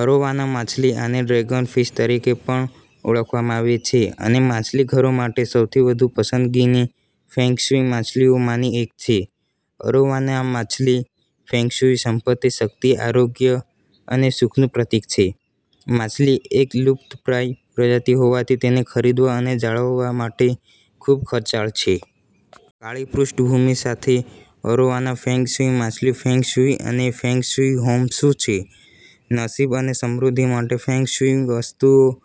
Arowana માછલી આને dragon fish તરીકે પણ ઓળખવામાં આવે છે અને માછલીઘરો માટે સૌથી વધુ પસંદગીની ફેંગ શુઇ માછલીઓમાંની એક છે. અરોવાના માછલી ફેંગ શુઇમાં સંપત્તિ, શક્તિ, આરોગ્ય અને સુખનું પ્રતીક છે. માછલી એક લુપ્તપ્રાય પ્રજાતિ હોવાથી તેને ખરીદવા અને જાળવવા માટે ખૂબ ખર્ચાળ છે. કાળી પૃષ્ઠભૂમિ સાથે અરોવાના ફેંગ શુઇ માછલી ફેંગ શુઇ અને ફેંગ શુઇ હોમ શું છે, નસીબ અને સમૃદ્ધિ માટે ફેંગ શુઇ વસ્તુઓ,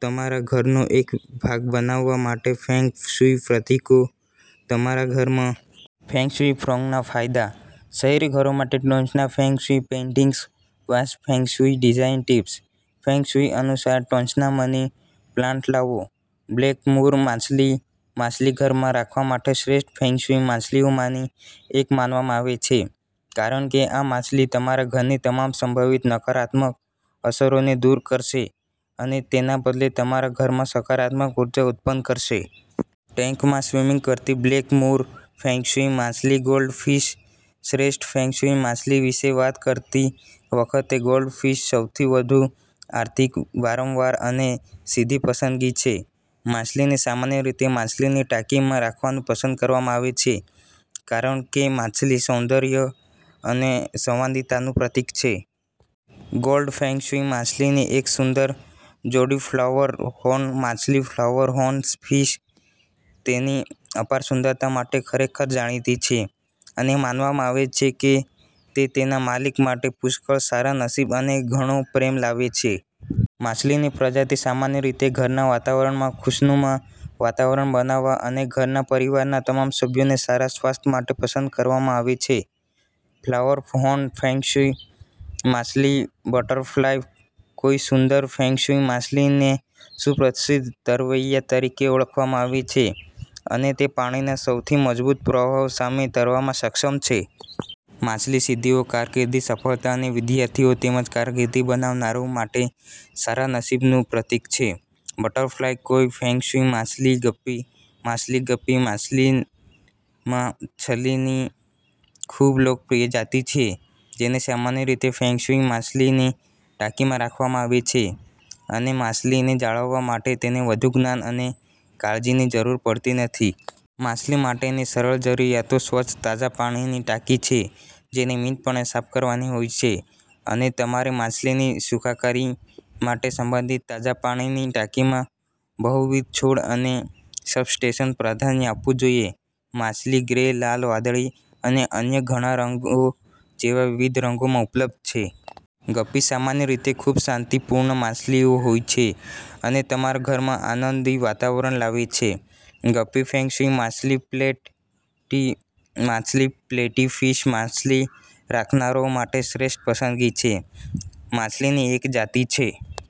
તમારા ઘરનો એક ભાગ બનાવવા માટે ફેંગ શુઇ પ્રતીકો, તમારા ઘરમાં ફેંગશુઈ ફ્રોગના ફાયદા, શહેરી ઘરો માટે ટોચના ફેંગ શુઇ પેઇન્ટિંગ્સ, વાંસ feng shui design tips, feng shui અનુસાર ટોચના મની પ્લાન્ટ લાવો, બ્લેક મૂર માછલી માછલીઘરમાં રાખવા માટે શ્રેષ્ઠ ફેંગ શુઇ માછલીઓમાંની એક માનવામાં આવે છે કારણ કે આ માછલી તમારા ઘરની તમામ સંભવિત નકારાત્મક અસરોને દૂર કરશે અને તેના બદલે તમારા ઘરમાં સકારાત્મક ઉર્જા ઉત્પન્ન કરશે. ટેન્કમાં સ્વિમિંગ કરતી બ્લેક મૂર ફેંગ શુઇ માછલીગોલ્ડ ફિશ શ્રેષ્ઠ ફેંગ શુઇ માછલી વિશે વાત કરતી વખતે, ગોલ્ડફિશસૌથી વધુ આર્થિક, વારંવાર અને સીધી પસંદગી છે. માછલીને સામાન્ય રીતે માછલીની ટાંકીમાં રાખવાનું પસંદ કરવામાં આવે છે કારણ કેમાછલી સૌંદર્ય અને સંવાદિતાનું પ્રતીક છે. ગોલ્ડ ફેંગ શુઇ માછલીની એક સુંદર જોડીફ્લાવર હોર્ન માછલી ફ્લાવર હોર્ન ફિશ તેની અપાર સુંદરતા માટે ખરેખર જાણીતી છે અને માનવામાં આવે છે કે તે તેના માલિક માટે પુષ્કળ સારા નસીબ અને ઘણો પ્રેમ લાવે છે. માછલીનીપ્રજાતિ સામાન્ય રીતે ઘરના વાતાવરણમાં ખુશનુમા વાતાવરણ બનાવવા અને ઘરના પરિવારના તમામ સભ્યોના સારા સ્વાસ્થ્ય માટે પસંદ કરવામાં આવે છે. ફ્લાવર હોર્ન ફેંગ શુઇ માછલીબટરફ્લાય કોઈસુંદર ફેંગ શુઇ માછલીને સુપ્રસિદ્ધ તરવૈયા તરીકે ઓળખવામાં આવે છે અને તે પાણીના સૌથી મજબૂત પ્રવાહો સામે તરવામાં સક્ષમ છે. માછલી સિદ્ધિઓ, કારકિર્દીની સફળતા અને વિદ્યાર્થીઓ તેમજ કારકિર્દી બનાવનારાઓ માટે સારા નસીબનું પ્રતીક છે. બટરફ્લાય કોઈ ફેંગ શુઇ માછલીગપ્પી માછલી ગપ્પી માછલીમાછલીની ખૂબલોકપ્રિય જાતિ છે જેને સામાન્ય રીતે ફેંગ શુઇ માછલીની ટાંકીમાં રાખવામાં આવે છે, અનેમાછલીને જાળવવા માટે તેને વધુ જ્ઞાન અને કાળજીની જરૂર પડતી નથી. માછલી માટેની સરળ જરૂરિયાતો સ્વચ્છ તાજા પાણીની ટાંકી છે જે નિયમિતપણે સાફ કરવાની હોય છે, અને તમારેમાછલીની સુખાકારી માટે સંબંધિત તાજા પાણીની ટાંકીમાં બહુવિધ છોડ અને સબસ્ટ્રેટને પ્રાધાન્ય આપવું જોઈએ. માછલી ગ્રે, લાલ, વાદળી અને અન્ય ઘણા રંગો જેવા વિવિધ રંગોમાં ઉપલબ્ધ છે. ગપ્પી સામાન્ય રીતે ખૂબશાંતિપૂર્ણ માછલીઓ હોય છે અને તમારા ઘરમાં આનંદી વાતાવરણ લાવે છે. ગપ્પી ફેંગ શુઇ માછલીપ્લેટી માછલી પ્લેટી ફિશ માછલી રાખનારાઓ માટે શ્રેષ્ઠ પસંદગી છે. માછલીની એક જાતિ છે